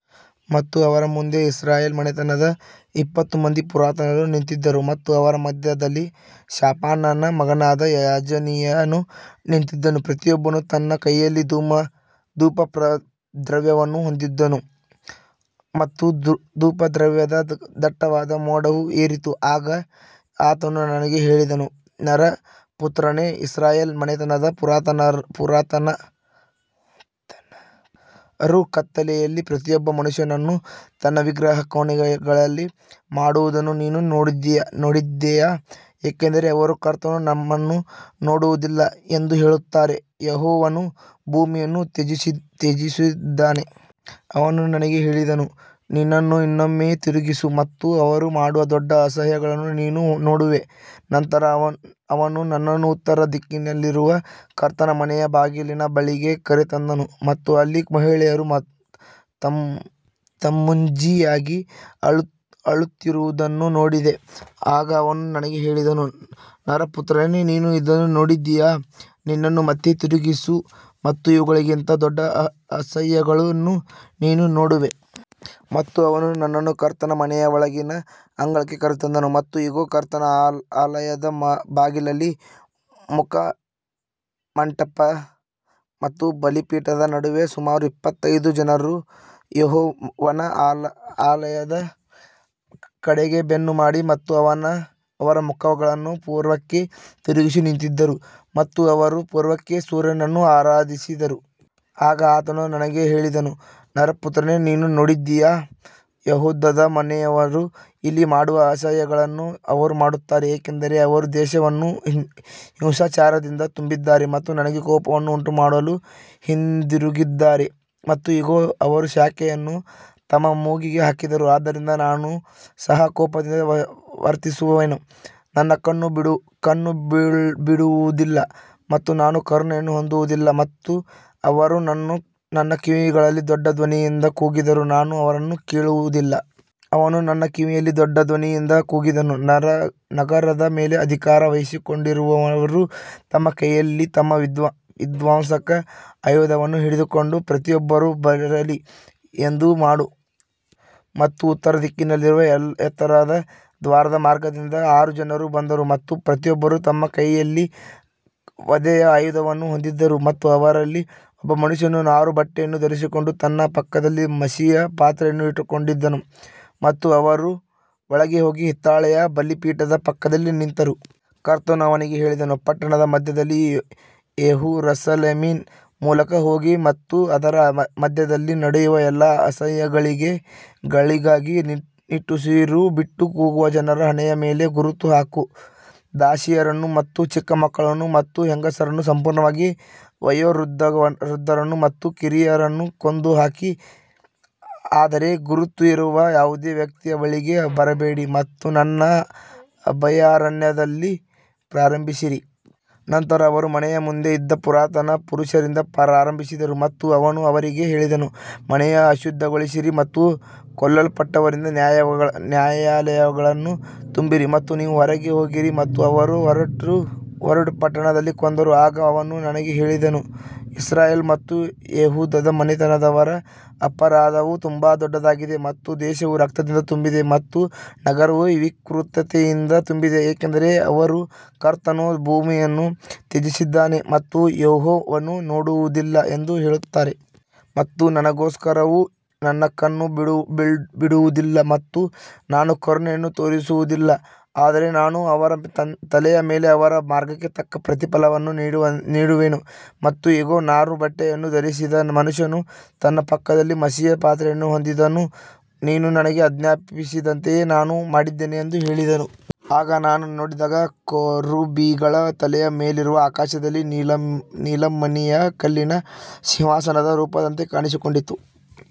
ಮತ್ತು ಅವರ ಮುಂದೆ ಇಸ್ರಾಯೇಲ್ ಮನೆತನದ ಎಪ್ಪತ್ತು ಮಂದಿ ಪುರಾತನರು ನಿಂತಿದ್ದರು ಮತ್ತು ಅವರ ಮಧ್ಯದಲ್ಲಿ ಶಾಫಾನನ ಮಗನಾದ ಯಾಜನೀಯನು ನಿಂತಿದ್ದನು, ಪ್ರತಿಯೊಬ್ಬನು ತನ್ನ ಕೈಯಲ್ಲಿ ಧೂಪದ್ರವ್ಯವನ್ನು ಹೊಂದಿದ್ದನು ಮತ್ತು ಧೂಪದ್ರವ್ಯದ ದಟ್ಟವಾದ ಮೋಡವು ಏರಿತು. ಆಗ ಆತನು ನನಗೆ ಹೇಳಿದನು, ನರಪುತ್ರನೇ, ಇಸ್ರಾಯೇಲ್ ಮನೆತನದ ಪುರಾತನರು ಕತ್ತಲೆಯಲ್ಲಿ ಪ್ರತಿಯೊಬ್ಬ ಮನುಷ್ಯನು ತನ್ನ ವಿಗ್ರಹದ ಕೋಣೆಗಳಲ್ಲಿ ಮಾಡುವುದನ್ನು ನೀನು ನೋಡಿದೆಯಾ, ಏಕೆಂದರೆ ಅವರು ಕರ್ತನು ನಮ್ಮನ್ನು ನೋಡುವುದಿಲ್ಲ ಎಂದು ಹೇಳುತ್ತಾರೆ, ಯೆಹೋವನು ಭೂಮಿಯನ್ನು ತ್ಯಜಿಸಿದ್ದಾನೆ. ಅವನು ನನಗೆ ಹೇಳಿದನು, ನಿನ್ನನ್ನು ಇನ್ನೊಮ್ಮೆ ತಿರುಗಿಸು ಮತ್ತು ಅವರು ಮಾಡುವ ದೊಡ್ಡ ಅಸಹ್ಯಗಳನ್ನು ನೀನು ನೋಡುವೆ. ನಂತರ ಅವನು ನನ್ನನ್ನು ಉತ್ತರ ದಿಕ್ಕಿನಲ್ಲಿರುವ ಕರ್ತನ ಮನೆಯ ಬಾಗಿಲಿನ ಬಳಿಗೆ ಕರೆತಂದನು ಮತ್ತು ಅಲ್ಲಿ ಮಹಿಳೆಯರು ತಮ್ಮೂಜಿಗಾಗಿ ಅಳುತ್ತಿರುವುದನ್ನು ನೋಡಿದೆ. ಆಗ ಅವನು ನನಗೆ ಹೇಳಿದನು, ನರಪುತ್ರನೇ, ನೀನು ಇದನ್ನು ನೋಡಿದೆಯಾ, ನಿನ್ನನ್ನು ಮತ್ತೆ ತಿರುಗಿಸು ಮತ್ತು ಇವುಗಳಿಗಿಂತ ದೊಡ್ಡ ಅಸಹ್ಯಗಳನ್ನು ನೀನು ನೋಡುವೆ. ಮತ್ತು ಅವನು ನನ್ನನ್ನು ಕರ್ತನ ಮನೆಯ ಒಳಗಿನ ಅಂಗಳಕ್ಕೆ ಕರೆತಂದನು ಮತ್ತು ಇಗೋ, ಕರ್ತನ ಆಲಯದ ಬಾಗಿಲಲ್ಲಿ ಮುಖಮಂಟಪ ಮತ್ತು ಬಲಿಪೀಠದ ನಡುವೆ ಸುಮಾರು ಇಪ್ಪತ್ತೈದು ಜನರು ಯೆಹೋವನ ಆಲಯದ ಕಡೆಗೆ ಬೆನ್ನು ಮಾಡಿ ಮತ್ತು ಅವರ ಮುಖಗಳನ್ನು ಪೂರ್ವಕ್ಕೆ ತಿರುಗಿಸಿ ನಿಂತಿದ್ದರು. ಮತ್ತು ಅವರು ಪೂರ್ವಕ್ಕೆ ಸೂರ್ಯನನ್ನು ಆರಾಧಿಸಿದರು. ಆಗ ಆತನು ನನಗೆ ಹೇಳಿದನು, ನರಪುತ್ರನೇ, ನೀನು ನೋಡಿದೆಯಾ, ಯೆಹೂದದ ಮನೆಯವರು ಇಲ್ಲಿ ಮಾಡುವ ಅಸಹ್ಯಗಳನ್ನು ಅವರು ಮಾಡುತ್ತಾರೆ, ಏಕೆಂದರೆ ಅವರು ದೇಶವನ್ನು ಹಿಂಸಾಚಾರದಿಂದ ತುಂಬಿದ್ದಾರೆ ಮತ್ತು ನನಗೆ ಕೋಪವನ್ನು ಉಂಟುಮಾಡಲು ಹಿಂದಿರುಗಿದ್ದಾರೆ. ಮತ್ತು ಇಗೋ, ಅವರು ಶಾಖೆಯನ್ನು ತಮ್ಮ ಮೂಗಿಗೆ ಹಾಕಿದರು. ಆದ್ದರಿಂದ ನಾನು ಸಹ ಕೋಪದಿಂದ ವರ್ತಿಸುವೆನು, ನನ್ನ ಕಣ್ಣು ಬಿಡುವುದಿಲ್ಲ ಮತ್ತು ನಾನು ಕರುಣೆಯನ್ನು ಹೊಂದುವುದಿಲ್ಲ ಮತ್ತು ಅವರು ನನ್ನ ಕಿವಿಗಳಲ್ಲಿ ದೊಡ್ಡ ಧ್ವನಿಯಿಂದ ಕೂಗಿದರೂ ನಾನು ಅವರನ್ನು ಕೇಳುವುದಿಲ್ಲ. ಅವನು ನನ್ನ ಕಿವಿಯಲ್ಲಿ ದೊಡ್ಡ ಧ್ವನಿಯಿಂದ ಕೂಗಿದನು, ನಗರದ ಮೇಲೆ ಅಧಿಕಾರ ವಹಿಸಿಕೊಂಡಿರುವವರು ತಮ್ಮ ಕೈಯಲ್ಲಿ ತಮ್ಮ ವಿಧ್ವಂಸಕ ಆಯುಧವನ್ನು ಹಿಡಿದುಕೊಂಡು ಪ್ರತಿಯೊಬ್ಬರೂ ಬರಲಿ ಎಂದು ಮಾಡು. ಮತ್ತು ಉತ್ತರ ದಿಕ್ಕಿನಲ್ಲಿರುವ ಎತ್ತರದ ದ್ವಾರದ ಮಾರ್ಗದಿಂದ ಆರು ಜನರು ಬಂದರು ಮತ್ತು ಪ್ರತಿಯೊಬ್ಬರೂ ತಮ್ಮ ಕೈಯಲ್ಲಿ ವಧೆಯ ಆಯುಧವನ್ನು ಹೊಂದಿದ್ದರು ಮತ್ತು ಅವರಲ್ಲಿ ಒಬ್ಬ ಮನುಷ್ಯನು ನಾರುಬಟ್ಟೆಯನ್ನು ಧರಿಸಿಕೊಂಡು ತನ್ನ ಪಕ್ಕದಲ್ಲಿ ಮಸಿಯ ಪಾತ್ರೆಯನ್ನು ಇಟ್ಟುಕೊಂಡಿದ್ದನು ಮತ್ತು ಅವರು ಒಳಗೆ ಹೋಗಿ ಹಿತ್ತಾಳೆಯ ಬಲಿಪೀಠದ ಪಕ್ಕದಲ್ಲಿ ನಿಂತರು. ಕರ್ತನು ಅವನಿಗೆ ಹೇಳಿದನು, ಪಟ್ಟಣದ ಮಧ್ಯದಲ್ಲಿ, ಯೆರೂಸಲೇಮಿನ ಮೂಲಕ ಹೋಗಿ ಮತ್ತು ಅದರ ಮಧ್ಯದಲ್ಲಿ ನಡೆಯುವ ಎಲ್ಲಾ ಅಸಹ್ಯಗಳಿಗಾಗಿ ನಿಟ್ಟುಸಿರುಬಿಟ್ಟು ಕೂಗುವ ಜನರ ಹಣೆಯ ಮೇಲೆ ಗುರುತು ಹಾಕು. ದಾಸಿಯರನ್ನು ಮತ್ತು ಚಿಕ್ಕ ಮಕ್ಕಳನ್ನು ಮತ್ತು ಹೆಂಗಸರನ್ನು, ಸಂಪೂರ್ಣವಾಗಿ ವಯೋವೃದ್ಧರನ್ನು ಮತ್ತು ಕಿರಿಯರನ್ನು ಕೊಂದುಹಾಕಿ, ಆದರೆ ಗುರುತು ಇರುವ ಯಾವುದೇ ವ್ಯಕ್ತಿಯ ಬಳಿಗೆ ಬರಬೇಡಿ ಮತ್ತು ನನ್ನ ಅಭಯಾರಣ್ಯದಲ್ಲಿ ಪ್ರಾರಂಭಿಸಿರಿ. ನಂತರ ಅವರು ಮನೆಯ ಮುಂದೆ ಇದ್ದ ಪುರಾತನ ಪುರುಷರಿಂದ ಪ್ರಾರಂಭಿಸಿದರು. ಮತ್ತು ಅವನು ಅವರಿಗೆ ಹೇಳಿದನು, ಮನೆಯನ್ನು ಅಶುದ್ಧಗೊಳಿಸಿರಿ ಮತ್ತು ಕೊಲ್ಲಲ್ಪಟ್ಟವರಿಂದ ನ್ಯಾಯಾಲಯಗಳನ್ನು ತುಂಬಿರಿ ಮತ್ತು ನೀವು ಹೊರಗೆ ಹೋಗಿರಿ. ಮತ್ತು ಅವರು ಹೊರಟು ಪಟ್ಟಣದಲ್ಲಿ ಕೊಂದರು. ಆಗ ಅವನು ನನಗೆ ಹೇಳಿದನು, ಇಸ್ರಾಯೇಲ್ ಮತ್ತು ಯೆಹೂದದ ಮನೆತನದವರ ಅಪರಾಧವು ತುಂಬಾ ದೊಡ್ಡದಾಗಿದೆ ಮತ್ತು ದೇಶವು ರಕ್ತದಿಂದ ತುಂಬಿದೆ ಮತ್ತು ನಗರವು ವಿಕೃತತೆಯಿಂದ ತುಂಬಿದೆ, ಏಕೆಂದರೆ ಅವರು ಕರ್ತನು ಭೂಮಿಯನ್ನು ತ್ಯಜಿಸಿದ್ದಾನೆ ಮತ್ತು ಯೆಹೋವನು ನೋಡುವುದಿಲ್ಲ ಎಂದು ಹೇಳುತ್ತಾರೆ. ಮತ್ತು ನನಗೋಸ್ಕರವೂ ನನ್ನ ಕಣ್ಣು ಬಿಡುವುದಿಲ್ಲ ಮತ್ತು ನಾನು ಕರುಣೆಯನ್ನು ತೋರಿಸುವುದಿಲ್ಲ, ಆದರೆ ನಾನು ಅವರ ತಲೆಯ ಮೇಲೆ ಅವರ ಮಾರ್ಗಕ್ಕೆ ತಕ್ಕ ಪ್ರತಿಫಲವನ್ನು ನೀಡುವೆನು. ಮತ್ತು ಇಗೋ, ನಾರುಬಟ್ಟೆಯನ್ನು ಧರಿಸಿದ್ದ ಮನುಷ್ಯನು ತನ್ನ ಪಕ್ಕದಲ್ಲಿ ಮಸಿಯ ಪಾತ್ರೆಯನ್ನು ಹೊಂದಿದ್ದನು, ನೀನು ನನಗೆ ಆಜ್ಞಾಪಿಸಿದಂತೆಯೇ ನಾನು ಮಾಡಿದ್ದೇನೆ ಎಂದು ಹೇಳಿದನು. ಆಗ ನಾನು ನೋಡಿದಾಗ ಕೆರೂಬಿಗಳ ತಲೆಯ ಮೇಲಿರುವ ಆಕಾಶದಲ್ಲಿ ನೀಲಮಣಿಯ ಕಲ್ಲಿನ ಸಿಂಹಾಸನದ ರೂಪದಂತೆ ಕಾಣಿಸಿಕೊಂಡಿತು.